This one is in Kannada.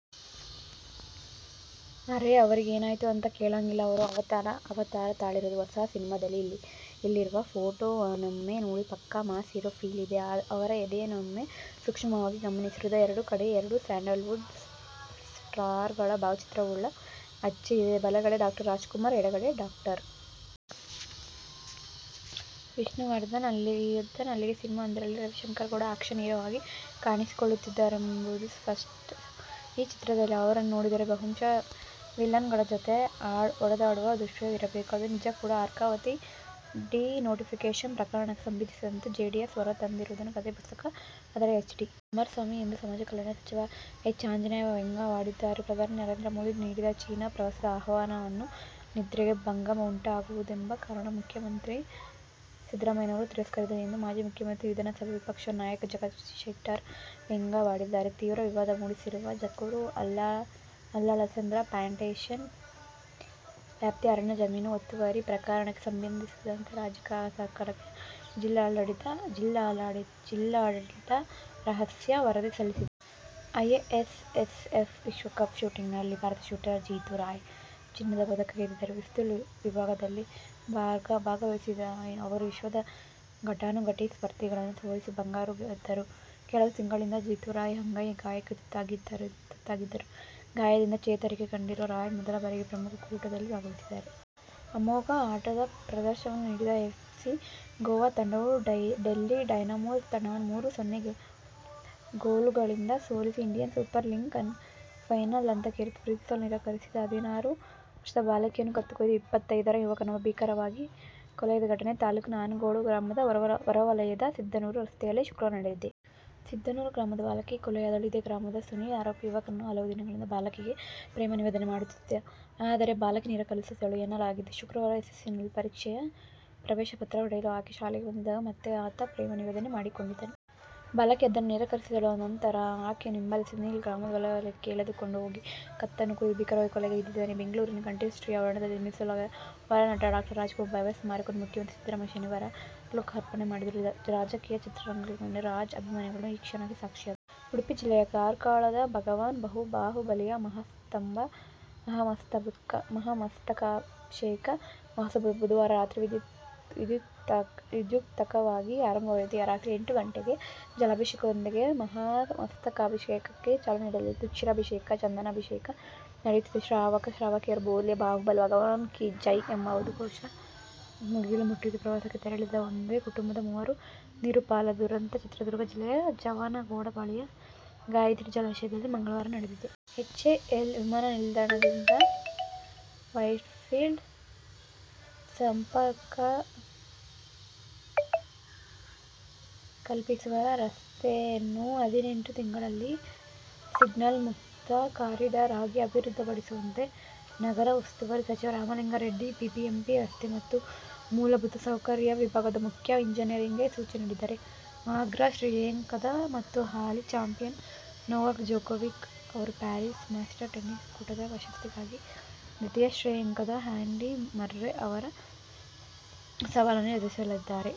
ಅರೇ, ಅವರಿಗೇನಾಯ್ತು ಅಂತ ಕೇಳಂಗಿಲ್ಲ. ಅವರು ಅವತಾರ ತಾಳಿರೋದು ಹೊಸ ಸಿನಿಮಾದಲ್ಲಿ. ಇಲ್ಲಿರುವ ಫೋಟೋವನ್ನೊಮ್ಮೆ ನೋಡಿ. ಪಕ್ಕಾ ಮಾಸ್ ಹೀರೋ ಫೀಲ್ ಇದೆ. ಅವರ ಎದೆಯನ್ನೊಮ್ಮೆ ಸೂಕ್ಷ್ಮವಾಗಿ ಗಮನಿಸಿ, ಹೃದಯದ ಎರಡೂ ಕಡೆ ಎರಡು ಸ್ಯಾಂಡಲ್ವುಡ್ ಸ್ಟಾರ್ಗಳ ಭಾವಚಿತ್ರವುಳ್ಳ ಹಚ್ಚೆ ಇದೆ. ಬಲಗಡೆ ಡಾ. ರಾಜ್ಕುಮಾರ್, ಎಡಗಡೆ ಡಾ. ವಿಷ್ಣುವರ್ಧನ್. ಅಲ್ಲಿಗೆ ಸಿನಿಮಾವೊಂದರಲ್ಲಿ ರವಿಶಂಕರ್ಗೌಡ ಆ್ಯಕ್ಷನ್ ಹೀರೋ ಆಗಿ ಕಾಣಿಸಿಕೊಳ್ಳುತ್ತಿದ್ದಾರೆಂಬುದು ಸ್ಪಷ್ಟ. ಈ ಚಿತ್ರದಲ್ಲಿ ಅವರನ್ನು ನೋಡಿದರೆ, ಬಹುಶಃ ವಿಲನ್ಗಳ ಜತೆ ಹೊಡೆದಾಡುವ ದೃಶ್ಯವೇ ಇರಬೇಕು. ಅದು ನಿಜ ಕೂಡ. ಅರ್ಕಾವತಿ ಡಿ-ನೋಟಿಫಿಕೇಷನ್ ಪ್ರಕರಣಕ್ಕೆ ಸಂಬಂಧಿಸಿದಂತೆ ಜೆಡಿಎಸ್ ಹೊರತಂದಿರುವುದು ಕಥೆ ಪುಸ್ತಕ. ಅದರ ಎಚ್. ಡಿ. ಕುಮಾರಸ್ವಾಮಿ ಎಂದು ಸಮಾಜ ಕಲ್ಯಾಣ ಸಚಿವ ಎಚ್. ಆಂಜನೇಯ ವ್ಯಂಗ್ಯವಾಡಿದ್ದಾರೆ. ಪ್ರಧಾನಿ ನರೇಂದ್ರ ಮೋದಿ ನೀಡಿದ ಚೀನಾ ಪ್ರವಾಸದ ಆಹ್ವಾನವನ್ನು ನಿದ್ರೆಗೆ ಭಂಗ ಉಂಟಾಗುವುದೆಂಬ ಕಾರಣಕ್ಕೆ ಮುಖ್ಯಮಂತ್ರಿ ಸಿದ್ದರಾಮಯ್ಯನವರು ತಿರಸ್ಕರಿಸಿದರು ಎಂದು ಮಾಜಿ ಮುಖ್ಯಮಂತ್ರಿ, ವಿಧಾನಸಭೆ ವಿಪಕ್ಷ ನಾಯಕ ಜಗದೀಶ ಶೆಟ್ಟರ್ ವ್ಯಂಗ್ಯವಾಡಿದ್ದಾರೆ. ತೀವ್ರ ವಿವಾದ ಮೂಡಿಸಿರುವ ಜಕ್ಕೂರು-ಅಲ್ಲಾಳಸಂದ್ರ ಪ್ಲಾಂಟೇಷನ್ ವ್ಯಾಪ್ತಿಯ ಅರಣ್ಯ ಜಮೀನು ಒತ್ತುವರಿ ಪ್ರಕರಣಕ್ಕೆ ಸಂಬಂಧಿಸಿದಂತೆ ರಾಜ್ಯ ಸರ್ಕಾರಕ್ಕೆ ಜಿಲ್ಲಾಡಳಿತ ರಹಸ್ಯ ವರದಿ ಸಲ್ಲಿಸಿದೆ. ಐಎಸ್ಎಸ್ಎಫ್ ವಿಶ್ವಕಪ್ ಶೂಟಿಂಗ್ನಲ್ಲಿ ಭಾರತದ ಶೂಟರ್ ಜಿತು ರಾಯ್ ಚಿನ್ನದ ಪದಕ ಗೆದ್ದಿದ್ದಾರೆ. ಪಿಸ್ತೂಲ್ ವಿಭಾಗದಲ್ಲಿ ಭಾಗವಹಿಸಿದ ಅವರು ವಿಶ್ವದ ಘಟಾನುಘಟಿ ಸ್ಪರ್ಧಿಗಳನ್ನು ಸೋಲಿಸಿ ಬಂಗಾರ ಗೆದ್ದರು. ಕೆಲವು ತಿಂಗಳಿಂದ ಜಿತು ರಾಯ್ ಅಂಗೈ ಗಾಯಕ್ಕೆ ತುತ್ತಾಗಿದ್ದರು. ಗಾಯದಿಂದ ಚೇತರಿಕೆ ಕಂಡಿರುವ ರಾಯ್ ಮೊದಲ ಬಾರಿಗೆ ಪ್ರಮುಖ ಕೂಟದಲ್ಲಿ ಭಾಗವಹಿಸಿದ್ದಾರೆ. ಅಮೋಘ ಆಟದ ಪ್ರದರ್ಶನ ನೀಡಿದ ಎಫ್ಸಿ ಗೋವಾ ತಂಡವು ಡೆಲ್ಲಿ ಡೈನಮೋಸ್ ತಂಡವನ್ನು ಮೂರು-ಸೊನ್ನೆ ಗೋಲುಗಳಿಂದ ಸೋಲಿಸಿ ಇಂಡಿಯನ್ ಸೂಪರ್ ಲೀಗ್ ನ ಫೈನಲ್ ಹಂತಕ್ಕೇರಿತು. ಪ್ರೀತಿಸಲು ನಿರಾಕರಿಸಿದ ಹದಿನಾರು ವರ್ಷದ ಬಾಲಕಿಯ ಕತ್ತು ಕೊಯ್ದು ಇಪ್ಪತ್ತೈದರ ಯುವಕನೊಬ್ಬ ಭೀಕರವಾಗಿ ಕೊಲೆಗೈದ ಘಟನೆ ತಾಲೂಕಿನ ಆನಗೋಡು ಗ್ರಾಮದ ಹೊರವಲಯದ ಸಿದ್ಧನೂರು ರಸ್ತೆಯಲ್ಲಿ ಶುಕ್ರವಾರ ನಡೆದಿದೆ. ಸಿದ್ಧನೂರು ಗ್ರಾಮದ ಬಾಲಕಿ ಕೊಲೆಯಾದವಳು. ಇದೇ ಗ್ರಾಮದ ಸುನೀಲ್ ಆರೋಪಿ. ಯುವಕನು ಹಲವು ದಿನಗಳಿಂದ ಬಾಲಕಿಗೆ ಪ್ರೇಮ ನಿವೇದನೆ ಮಾಡುತ್ತಿದ್ದ. ಆದರೆ ಬಾಲಕಿ ನಿರಾಕರಿಸಿದ್ದಳು ಎನ್ನಲಾಗಿದೆ. ಶುಕ್ರವಾರ ಎಸ್ಸೆಸ್ಸೆಲ್ಸಿ ಪರೀಕ್ಷೆಯ ಪ್ರವೇಶ ಪತ್ರ ಪಡೆಯಲು ಆಕೆ ಶಾಲೆಗೆ ಬಂದಿದ್ದಾಗ ಮತ್ತೆ ಆತ ಪ್ರೇಮ ನಿವೇದನೆ ಮಾಡಿಕೊಂಡಿದ್ದಾನೆ. ಬಾಲಕಿ ಅದನ್ನು ನಿರಾಕರಿಸಿದ್ದಳು. ನಂತರ ಆಕೆಯನ್ನು ಹಿಂಬಾಲಿಸಿದ ಸುನೀಲ್ ಗ್ರಾಮದ ಹೊರವಲಯಕ್ಕೆ ಎಳೆದುಕೊಂಡು ಹೋಗಿ ಕತ್ತನ್ನು ಕೊಯ್ದು ಭೀಕರವಾಗಿ ಕೊಲೆಗೈದಿದ್ದಾನೆ. ಬೆಂಗಳೂರಿನ ಕಂಠೀರವ ಸ್ಟುಡಿಯೋ ಆವರಣದಲ್ಲಿ ನಿರ್ಮಿಸಲಾಗಿರುವ ವರನಟ ಡಾ ರಾಜ್ ಕುಮಾರ್ ಭವ್ಯ ಸ್ಮಾರಕವನ್ನು ಮುಖ್ಯಮಂತ್ರಿ ಸಿದ್ದರಾಮಯ್ಯ ಶನಿವಾರ ಲೋಕಾರ್ಪಣೆ ಮಾಡಿದರು. ರಾಜಕೀಯ, ಚಿತ್ರರಂಗಗಳ ಗಣ್ಯರು, ರಾಜ್ ಅಭಿಮಾನಿಗಳು ಈ ಕ್ಷಣಕ್ಕೆ ಸಾಕ್ಷಿಯಾದರು. ಉಡುಪಿ ಜಿಲ್ಲೆಯ ಕಾರ್ಕಳದ ಭಗವಾನ್ ಬಾಹುಬಲಿಯ ಮಹಾಮಸ್ತಕಾಭಿಷೇಕ ಮಹೋತ್ಸವ ಬುಧವಾರ ರಾತ್ರಿ ವಿಧ್ಯುಕ್ತವಾಗಿ ಆರಂಭವಾಯಿತು. ರಾತ್ರಿ ಎಂಟು ಗಂಟೆಗೆ ಜಲಾಭಿಷೇಕದೊಂದಿಗೆ ಮಹಾಮಸ್ತಕಾಭಿಷೇಕಕ್ಕೆ ಚಾಲನೆ ನೀಡಲಾಯಿತು. ಕ್ಷೀರಾಭಿಷೇಕ, ಚಂದನಾಭಿಷೇಕ ನಡೆಯುತ್ತಿದ್ದಂತೆ ಶ್ರಾವಕ, ಶ್ರಾವಕಿಯರ ಬೋಲಿಯೆ ಬಾಹುಬಲಿ ಭಗವಾನ್ ಕಿ ಜೈ ಎಂಬ ಉದ್ಘೋಷ ಮುಗಿಲು ಮುಟ್ಟಿತ್ತು. ಪ್ರವಾಸಕ್ಕೆ ತೆರಳಿದ್ದ ಒಂದೇ ಕುಟುಂಬದ ಮೂವರು ನೀರುಪಾಲಾದ ದುರಂತ ಚಿತ್ರದುರ್ಗ ಜಿಲ್ಲೆಯ ಜವನಗೊಂಡ ಬಳಿಯ ಗಾಯತ್ರಿ ಜಲಾಶಯದಲ್ಲಿ ಮಂಗಳವಾರ ನಡೆದಿದೆ. ಎಚ್ಎಎಲ್ ವಿಮಾನನಿಲ್ದಾಣದಿಂದ ವೈಟ್ಫೀಲ್ಡ್ಗೆ ಸಂಪರ್ಕ ಕಲ್ಪಿಸುವ ರಸ್ತೆಯನ್ನು ಹದಿನೆಂಟು ತಿಂಗಳಲ್ಲಿ ಸಿಗ್ನಲ್ ಮುಕ್ತ ಕಾರಿಡಾರ್ ಆಗಿ ಅಭಿವೃದ್ಧಿಪಡಿಸುವಂತೆ ನಗರ ಉಸ್ತುವಾರಿ ಸಚಿವ ರಾಮಲಿಂಗಾರೆಡ್ಡಿ ಬಿಬಿಎಂಪಿ ರಸ್ತೆ ಮತ್ತು ಮೂಲಭೂತ ಸೌಕರ್ಯ ವಿಭಾಗದ ಮುಖ್ಯ ಎಂಜಿನಿಯರ್ಗೆ ಸೂಚನೆ ನೀಡಿದ್ದಾರೆ. ಅಗ್ರ ಶ್ರೇಯಾಂಕದ ಮತ್ತು ಹಾಲಿ ಚಾಂಪಿಯನ್ ನೊವಾಕ್ ಜೊಕೋವಿಕ್ ಅವರು ಪ್ಯಾರಿಸ್ ಮಾಸ್ಟರ್ ಟೆನಿಸ್ ಕೂಟದ ಪ್ರಶಸ್ತಿಗಾಗಿ ದ್ವಿತೀಯ ಶ್ರೇಯಾಂಕದ ಆ್ಯಂಡಿ ಮರ್ರೆ ಅವರ ಸವಾಲನ್ನು ಎದುರಿಸಲಿದ್ದಾರೆ.